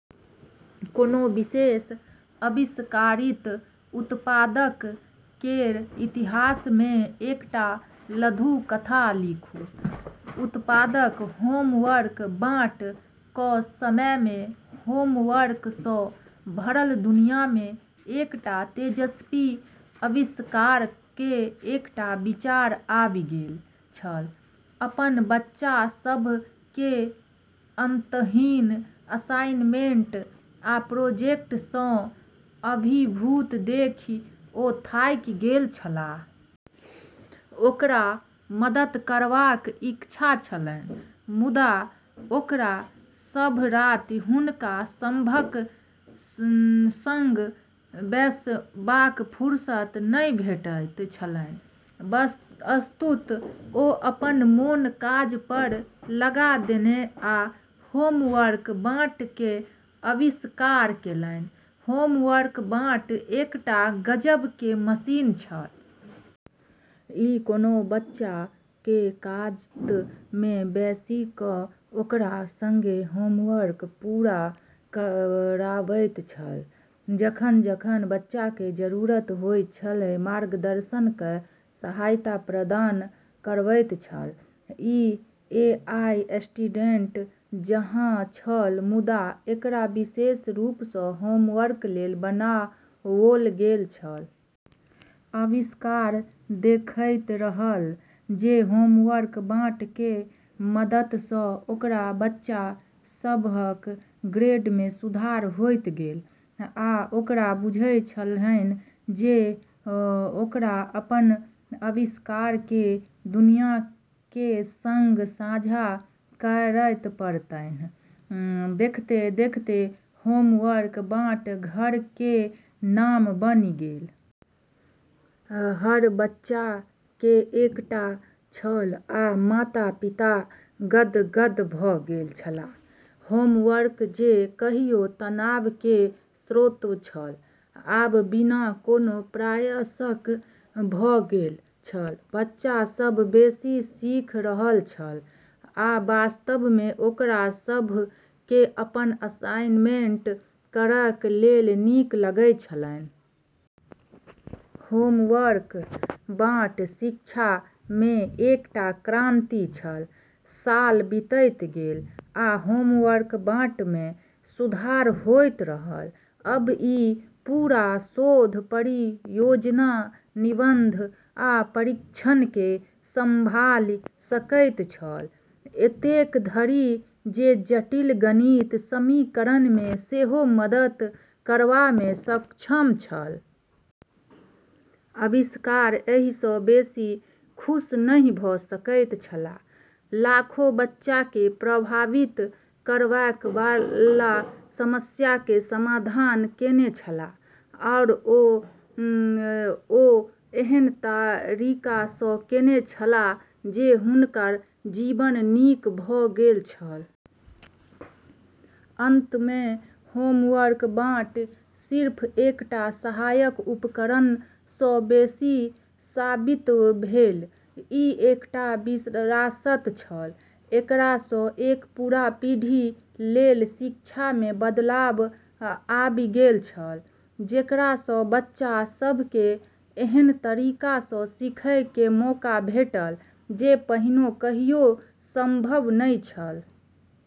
कोनो विशेष आविष्कारित उत्पाद केर इतिहास मे एकटा लघुकथा लिखू। उत्पाद: "होमवर्क बॉट"। एक समय मे होमवर्क सँ भरल दुनिया मे एकटा तेजस्वी आविष्कारक केँ एकटा विचार आबि गेल छल। अपन बच्चा सभ केँ अंतहीन असाइनमेंट आ प्रोजेक्ट सँ अभिभूत देखि ओ थाकि गेल छलाह। ओकरा मदद करबाक इच्छा छलन्हि, मुदा ओकरा सभ राति हुनका सभक संग बैसबाक फुर्सत नहि भेटैत छलन्हि। अस्तु, ओ अपन मोन काज पर लगा देलन्हि आ "होमवर्क बॉट" केर आविष्कार केलन्हि। होमवर्क बॉट एकटा गजब केर मशीन छल। ई कोनो बच्चा केर कात मे बैसि कऽ ओकरा संगे होमवर्क पूरा करबैत छल, जखन-जखन बच्चा केँ जरूरत होइत छै, मार्गदर्शन आ सहायता प्रदान करबैत छल। ई एआई असिस्टेंट जकाँ छल, मुदा एकरा विशेष रूप सँ होमवर्क लेल बनाओल गेल छल। आविष्कारक देखैत रहल जे होमवर्क बॉट केर मदद सँ ओकर बच्चा सभक ग्रेड मे सुधार होइत गेलै, आ ओकरा बुझल छलन्हि जे ओकरा अपन आविष्कार केँ दुनिया केर संग साझा करए पड़तन्हि। देखैत-देखैत होमवर्क बॉट घर केर नाम बनि गेल। हर बच्चा केर एकटा छल आ माता-पिता गदगद भऽ गेल छलाह। होमवर्क जे कहियो तनाव केर स्रोत छल, आब बिना कोनो प्रयासक भऽ गेल छल। बच्चा सभ बेसी सीखि रहल छल, आ वास्तव मे ओकरा सभ केँ अपन असाइनमेंट करए मे नीक लागैत छलन्हि। होमवर्क बॉट शिक्षा मे एकटा क्रांति छल। साल बीतैत गेल, आ होमवर्क बॉट मे सुधार होइत रहल। आब ई पूरा शोध परियोजना, निबंध, आ परीक्षण केँ संभालि सकैत छल। एतेक धरि जे जटिल गणित समीकरण मे सेहो मदद करबा मे सक्षम छल। आविष्कारक एहि सँ बेसी खुश नहि भऽ सकैत छलाह। लाखों बच्चा केँ प्रभावित करए बला समस्या केर समाधान केने छलाह, आओर ओ एहन तरीका सँ केने छलाह जे हुनकर जीवन नीक भऽ गेल छल। अंत मे होमवर्क बॉट सिर्फ एकटा सहायक उपकरण सँ बेसी साबित भेल ई एकटा विरासत छल। एकरा सँ एक पूरा पीढ़ी लेल शिक्षा मे बदलाव आबि गेल छलै, जेकरा सँ बच्चा सभ केँ एहन तरीका सँ सीखै केर मौका भेटलै जे पहिने कहियो संभव नहि छलै।